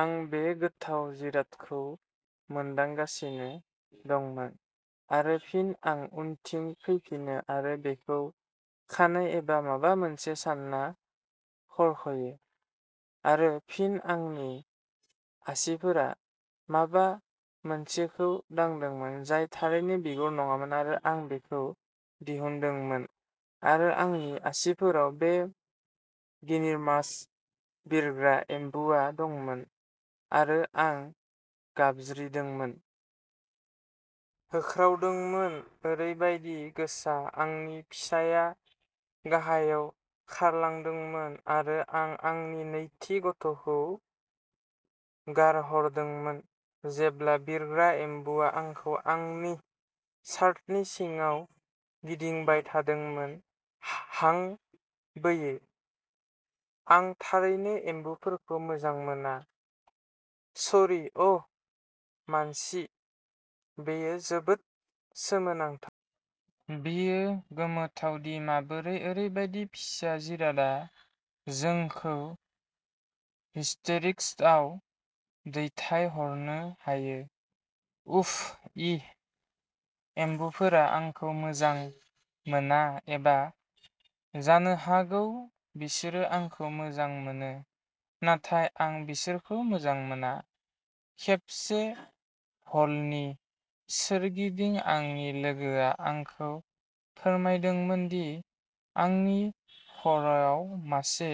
आं बे गोथाव जिरादखौ मोनदांगासिनो दंमोन आरो फिन आं उनथिं फैफिनो आरो बेखौ खानाय एबा माबा मोनसे सानना खुरख'यो आरो फिन आंनि आसिफोरा माबा मोनसेखौ दांदोंमोन जाय थारैनो बिगुर नङामोन आरो आं बेखौ दिहुनदोंमोन आरो आंनि आसिफोराव बे गिनिर्मास बिरग्रा एम्बुआ दंमोन आरो आं गाबज्रिदोंमोन। होख्रावदोंमोन! ओरैबायदि गोसा आंनि फिसाया गाहायाव खारलांदोंमोन आरो आं आंनि नैथि गथ'खौ गारहरदोंमोन, जेब्ला बिरग्रा एम्बुआ आंखौ आंनि शार्टनि सिङाव गिदिंबाय थादोंमोन। हां बोयो। आं थारैनो एम्बुफोरखौ मोजां मोना। शरी अ' मानसि, बेयो जोबोद सोमोनांथाव। बेयो गोमोथाव दि माबोरै ओरैबायदि फिसा जिरादआ जोंखौ हिस्टेरिक्सआव दैथायहरनो हायो। उफ. ई! एम्बुफोरा आंखौ मोजां मोना एबा, जानो हागौ, बिसोरो आंखौ मोजां मोनो नाथाय आं बिसोरखौ मोजां मोना। खेबसे, हलनि सोरगिदिं आंनि लोगोआ आंखौ फोरमायदोंमोन दि आंनि खर'आव मासे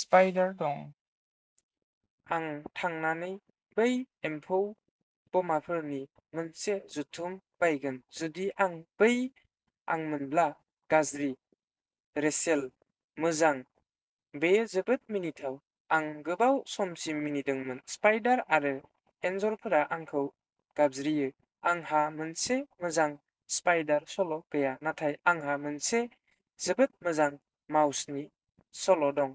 स्पाइडार दं। आं थांनानै बै एम्फौ बमाफोरनि मोनसे जुथुम बायगोन जुदि आं बै आंमोनब्ला। गाज्रि! रेचेल मोजां, बेयो जोबोद मिनिथाव। आं गोबाव समसिम मिनिदोंमोन। स्पाइडार आरो एनजरफोरा आंखौ गाबज्रियो! आंहा मोनसे मोजां स्पाइडार सल' गैया नाथाय आंहा मोनसे जोबोद मोजां माउसनि सल' दं।